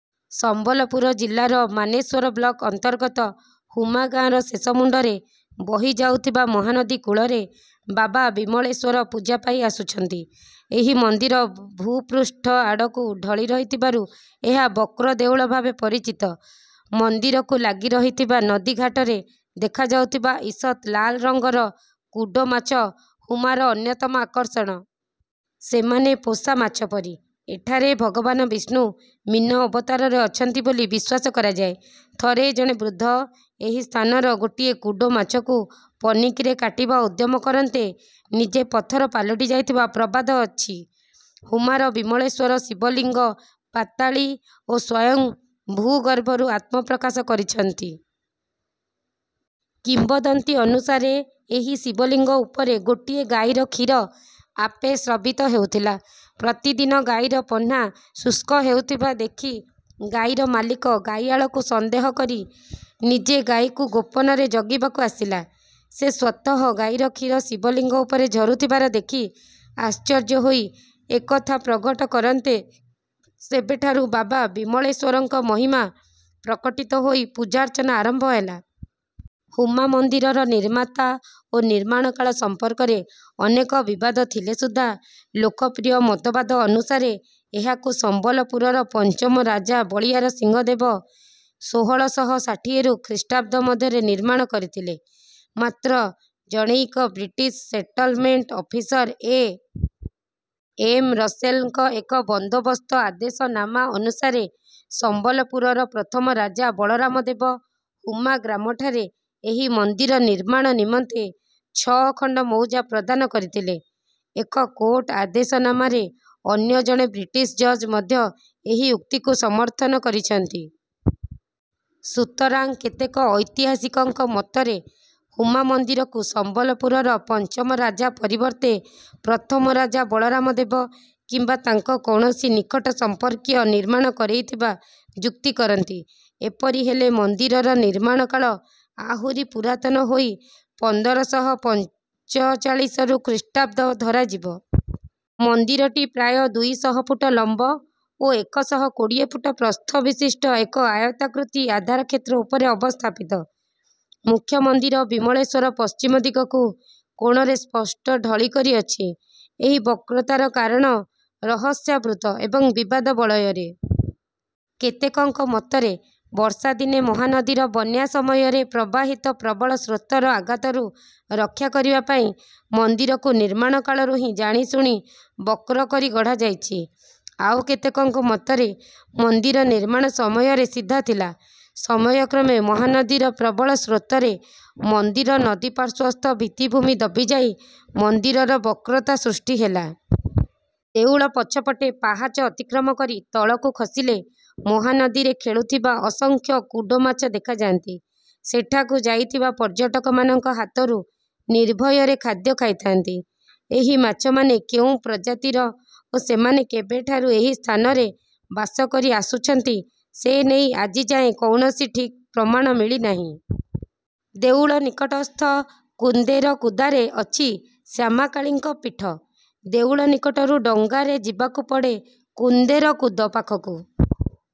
ସମ୍ବଲପୁର ଜିଲ୍ଲାର ମାନେଶ୍ୱର ବ୍ଲକ ଅନ୍ତର୍ଗତ ହୁମା ଗାଁର ଶେଷମୁଣ୍ଡରେ ବହିଯାଉଥିବା ମହାନଦୀ କୂଳରେ ବାବା ବିମଳେଶ୍ୱର ପୂଜା ପାଇ ଆସୁଛନ୍ତି। ଏହି ମନ୍ଦିର ଭୂପୃଷ୍ଠ ଆଡ଼କୁ ଢଳି ରହିଥିବାରୁ ଏହା ବକ୍ର ଦେଉଳ ଭାବେ ପରିଚିତ। ମନ୍ଦିରକୁ ଲାଗିରହିଥିବା ନଦୀଘାଟରେ ଦେଖାଯାଉଥିବା ଈଷତ୍ ଲାଲ ରଙ୍ଗର କୁଡ଼ୋ ମାଛ ହୁମାର ଅନ୍ୟତମ ଆକର୍ଷଣ। ସେମାନେ ପୋଷା ମାଛ ପରି। ଏଠାରେ ଭଗବାନ ବିଷ୍ଣୁ ମୀନ ଅବତାରରେ ଅଛନ୍ତି ବୋଲି ବିଶ୍ୱାସ କରାଯାଏ। ଥରେ ଜଣେ ବୃଦ୍ଧ ଏହି ସ୍ଥାନର ଗୋଟିଏ କୁଡ଼ୋ ମାଛକୁ ପନିକିରେ କାଟିବା ଉଦ୍ୟମ କରନ୍ତେ ନିଜେ ପଥର ପାଲଟି ଯାଇଥିବା ପ୍ରବାଦ ଅଛି। ହୁମାର ବିମଳେଶ୍ୱର ଶିବଲିଙ୍ଗ ପାତାଳୀ ଓ ସ୍ୱୟଂ ଭୂଗର୍ଭରୁ ଆତ୍ମପ୍ରକାଶ କରିଛନ୍ତି। କିମ୍ବଦନ୍ତୀ ଅନୁସାରେ ଏହି ଶିବଲିଙ୍ଗ ଉପରେ ଗୋଟିଏ ଗାଈର କ୍ଷୀର ଆପେ ସ୍ରବିତ ହେଉଥିଲା। ପ୍ରତିଦିନ ଗାଈର ପହ୍ନା ଶୁଷ୍କ ହେଉଥିବା ଦେଖି ଗାଈର ମାଲିକ ଗାଈଆଳକୁ ସନ୍ଦେହ କରି ନିଜେ ଗାଈକୁ ଗୋପନରେ ଜଗିବାକୁ ଆସିଲା। ସେ ସ୍ୱତଃ ଗାଈର କ୍ଷୀର ଶିବଲିଙ୍ଗ ଉପରେ ଝରୁଥିବାର ଦେଖି ଆଶ୍ଚର୍ଯ୍ୟ ହୋଇ ଏକଥା ପ୍ରଘଟ କରନ୍ତେ ସେବେଠାରୁ ବାବା ବିମଳେଶ୍ୱରଙ୍କ ମହିମା ପ୍ରକଟିତ ହୋଇ ପୂଜାର୍ଚ୍ଚନା ଆରମ୍ଭ ହେଲା। ହୁମା ମନ୍ଦିରର ନିର୍ମାତା ଓ ନିର୍ମାଣ କାଳ ସମ୍ପର୍କରେ ଅନେକ ବିବାଦ ଥିଲେ ସୁଦ୍ଧା ଲୋକପ୍ରିୟ ମତବାଦ ଅନୁସାରେ ଏହାକୁ ସମ୍ବଲପୁରର ପଞ୍ଚମ ରାଜା ବଳିୟାର ସିଂହଦେବ ଷୋହଳ ଶହ ଷାଠିଏରୁ ଖ୍ରୀଷ୍ଟାବ୍ଦ ମଧ୍ୟରେ ନିର୍ମାଣ କରିଥିଲେ। ମାତ୍ର ଜଣୈକ British settlement officer A. M. ରସେଲ୍‌ଙ୍କ ଏକ ବନ୍ଦୋବସ୍ତ ଆଦେଶନାମା ଅନୁସାରେ ସମ୍ବଲପୁରର ପ୍ରଥମ ରାଜା ବଳରାମ ଦେବ ହୁମା ଗ୍ରାମଠାରେ ଏହି ମନ୍ଦିର ନିର୍ମାଣ ନିମନ୍ତେ ଛଅ ଖଣ୍ଡ ମୌଜା ପ୍ରଦାନ କରିଥିଲେ। ଏକ କୋର୍ଟ ଆଦେଶନାମାରେ ଅନ୍ୟ ଜଣେ ବ୍ରିଟିଶ ଜଜ୍ ମଧ୍ୟ ଏହି ଉକ୍ତିକୁ ସମର୍ଥନ କରିଛନ୍ତି। ସୁତରାଂ କେତେକ ଐତିହାସିକଙ୍କ ମତରେ ହୁମା ମନ୍ଦିରକୁ ସମ୍ବଲପୁରର ପଞ୍ଚମ ରାଜା ପରିବର୍ତ୍ତେ ପ୍ରଥମ ରାଜା ବଳରାମ ଦେବ କିମ୍ବା ତାଙ୍କ କୌଣସି ନିକଟ ସମ୍ପର୍କୀୟ ନିର୍ମାଣ କରେଇଥିବା ଯୁକ୍ତି କରନ୍ତି। ଏପରି ହେଲେ ମନ୍ଦିରର ନିର୍ମାଣ କାଳ ଆହୁରି ପୁରାତନ ହୋଇ ପନ୍ଦର ଶହ ପଞ୍ଚଚାଳିଶରୁ ଖ୍ରୀଷ୍ଟାବ୍ଦ ଧରାଯିବ। ମନ୍ଦିରଟି ପ୍ରାୟ ଦୁଇ ଶହ ଫୁଟ ଲମ୍ବ ଓ ଏକ ଶହ କୋଡ଼ିଏ ଫୁଟ ପ୍ରସ୍ଥ ବିଶିଷ୍ଟ ଏକ ଆୟତାକୃତି ଆଧାରକ୍ଷେତ୍ର ଉପରେ ଅବସ୍ଥାପିତ। ମୁଖ୍ୟ ମନ୍ଦିର ବିମଳେଶ୍ୱର ପଶ୍ଚିମ ଦିଗକୁ କୋଣରେ ସ୍ପଷ୍ଟ ଢଳିକରି ଅଛି। ଏହି ବକ୍ରତାର କାରଣ ରହସ୍ୟାବୃତ୍ତ ଏବଂ ବିବାଦ ବଳୟରେ। କେତେକଙ୍କ ମତରେ ବର୍ଷାଦିନେ ମହାନଦୀର ବନ୍ୟା ସମୟରେ ପ୍ରବାହିତ ପ୍ରବଳ ସ୍ରୋତର ଆଘାତରୁ ରକ୍ଷା କରିବା ପାଇଁ ମନ୍ଦିରକୁ ନିର୍ମାଣ କାଳରୁ ହିଁ ଜାଣିଶୁଣି ବକ୍ର କରି ଗଢ଼ାଯାଇଛି। ଆଉ କେତେକଙ୍କ ମତରେ ମନ୍ଦିର ନିର୍ମାଣ ସମୟରେ ସିଧା ଥିଲା। ସମୟକ୍ରମେ ମହାନଦୀର ପ୍ରବଳ ସ୍ରୋତରେ ମନ୍ଦିର ନଦୀପାର୍ଶ୍ୱସ୍ଥ ଭିତ୍ତିଭୂମି ଦବିଯାଇ ମନ୍ଦିରର ବକ୍ରତା ସୃଷ୍ଟି ହେଲା। ଦେଉଳ ପଛପଟେ ପାହାଚ ଅତିକ୍ରମ କରି ତଳକୁ ଖସିଲେ ମହାନଦୀରେ ଖେଳୁଥିବା ଅସଂଖ୍ୟ କୁଡ଼ୋ ମାଛ ଦେଖାଯାଆନ୍ତି। ସେଠାକୁ ଯାଇଥିବା ପର୍ଯ୍ୟଟକମାନଙ୍କ ହାତରୁ ନିର୍ଭୟରେ ଖାଦ୍ୟ ଖାଇଥାନ୍ତି। ଏହି ମାଛମାନେ କେଉଁ ପ୍ରଜାତିର ଓ ସେମାନେ କେବେଠାରୁ ଏହି ସ୍ଥାନରେ ବାସ କରି ଆସୁଛନ୍ତି ସେ ନେଇ ଆଜିଯାଏଁ କୌଣସି ଠିକ୍ ପ୍ରମାଣ ମିଳିନାହିଁ। ଦେଉଳ ନିକଟସ୍ଥ କୁନ୍ଦେର କୁଦାରେ ଅଛି ଶ୍ୟାମାକାଳୀଙ୍କ ପୀଠ। ଦେଉଳ ନିକଟରୁ ଡଙ୍ଗାରେ ଯିବାକୁ ପଡ଼େ କୁନ୍ଦେର କୁଦ ପାଖକୁ।